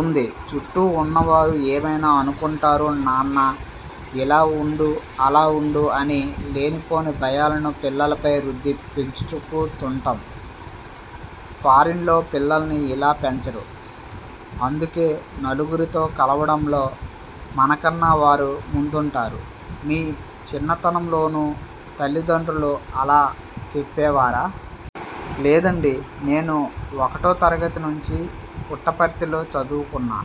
ఉంది చుట్టూ ఉన్నవారు ఏమైనా అనుకుంటారు నాన్నా ఇలా ఉండు, అలా ఉండు అని లేని పోని భయాలను పిల్లలపై రుద్ది పెంచుపోతుంటాం. ఫారిన్లో పిల్లల్ని ఇలా పెంచరు. అందుకే నలుగురితో కలవడంలో మనకన్నా వారు ముందుంటారు. మీ చిన్నతనం లోనూ తల్లిదండ్రులు అలా చెప్పేవారా? లేదండీ. నేను ఒకటో తరగతి నుంచి పుట్టపర్తిలో చదువుకున్నా.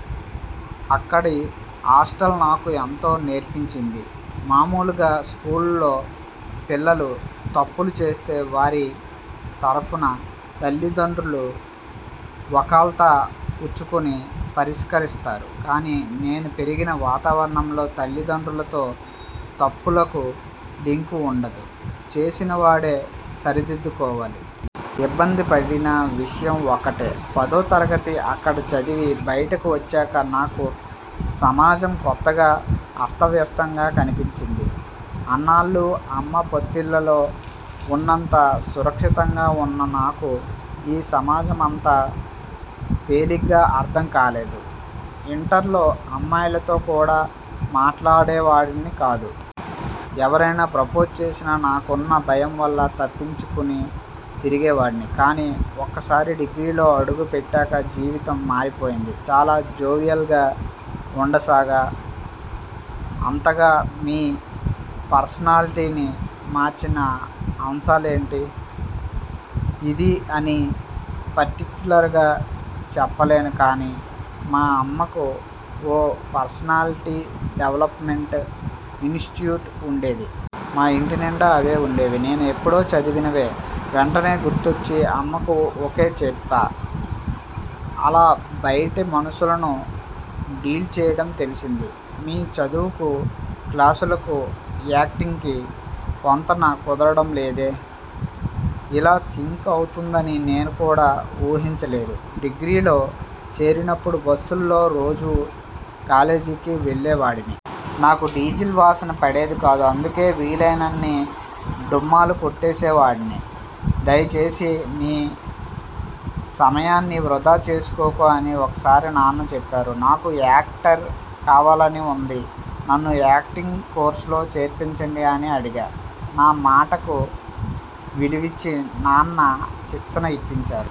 అక్కడి హాస్టల్ నాకు ఎంతో నేర్పించింది. మామూలుగా స్కూల్లో పిల్లలు తప్పులు చేస్తే, వారి తరఫున తల్లిదండ్రులు వకాల్తా పుచ్చుకుని పరిష్కరిస్తారు. కానీ నేను పెరిగిన వాతావరణంలో తల్లిదండ్రులతో తప్పులకు లింకు ఉండదు. చేసిన వాడే సరిదిద్దుకోవాలి. ఇబ్బంది పడిన విషయం ఒక్కటే. పదో తరగతి అక్కడ చదివి బయటకు వచ్చాక నాకు సమాజం కొత్తగా, అస్తవ్యస్తంగా కనిపించింది. అన్నాళ్లూ అమ్మ పొత్తిళ్లలో ఉన్నంత సురక్షితంగా ఉన్న నాకు ఈ సమాజం అంత తేలిగ్గా అర్థం కాలేదు. ఇంటర్లో అమ్మాయిలతో కూడా మాట్లాడేవాడిని కాదు. ఎవరైనా ప్రపోజ్ చేసినా నాకున్న భయం వల్ల తప్పించుకుని తిరిగేవాడిని. కానీ ఒక్కసారి డిగ్రీలో అడుగు పెట్టాక జీవితం మారిపోయింది. చాలా జోవియల్గా ఉండసాగా. అంతగా మీ పర్సనాలిటీని మార్చిన అంశాలేంటి? ఇదీ అని పర్టిక్యులర్గా చెప్పలేను కానీ మా అమ్మకు ఓ పర్సనాలిటీ డెవల్పమెంట్ ఇన్స్టిట్యూట్ ఉండేది. మా ఇంటి నిండా అవే ఉండేవి. నేనూ ఎప్పుడో చదివినవే. వెంటనే గుర్తొచ్చి అమ్మకు ఓకే చెప్పా. అలా బయటి మనుషులను డీల్ చేయడం తెలిసింది. మీ చదువుకు, క్లాసులకు, యాక్టింగ్కీ పొంతన కుదరడం లేదే? ఇలా సింక్ అవుతుందని నేను కూడా ఊహించలేదు. డిగ్రీలో చేరినప్పుడు బస్సుల్లో రోజూ కాలేజీకి వెళ్లేవాడిని. నాకు డీజిల్ వాసన పడేది కాదు. అందుకే వీలైనన్ని డుమ్మాలు కొట్టేసేవాడిని. దయచేసి నీ సమయాన్ని వృథా చేసుకోకు అని ఒకసారి నాన్న చెప్పారు. నాకు యాక్టర్ కావాలని ఉంది. నన్ను యాక్టింగ్ కోర్సులో చేర్పించండి అని అడిగా. నా మాటకు విలువిచ్చి నాన్న శిక్షణ ఇప్పించారు.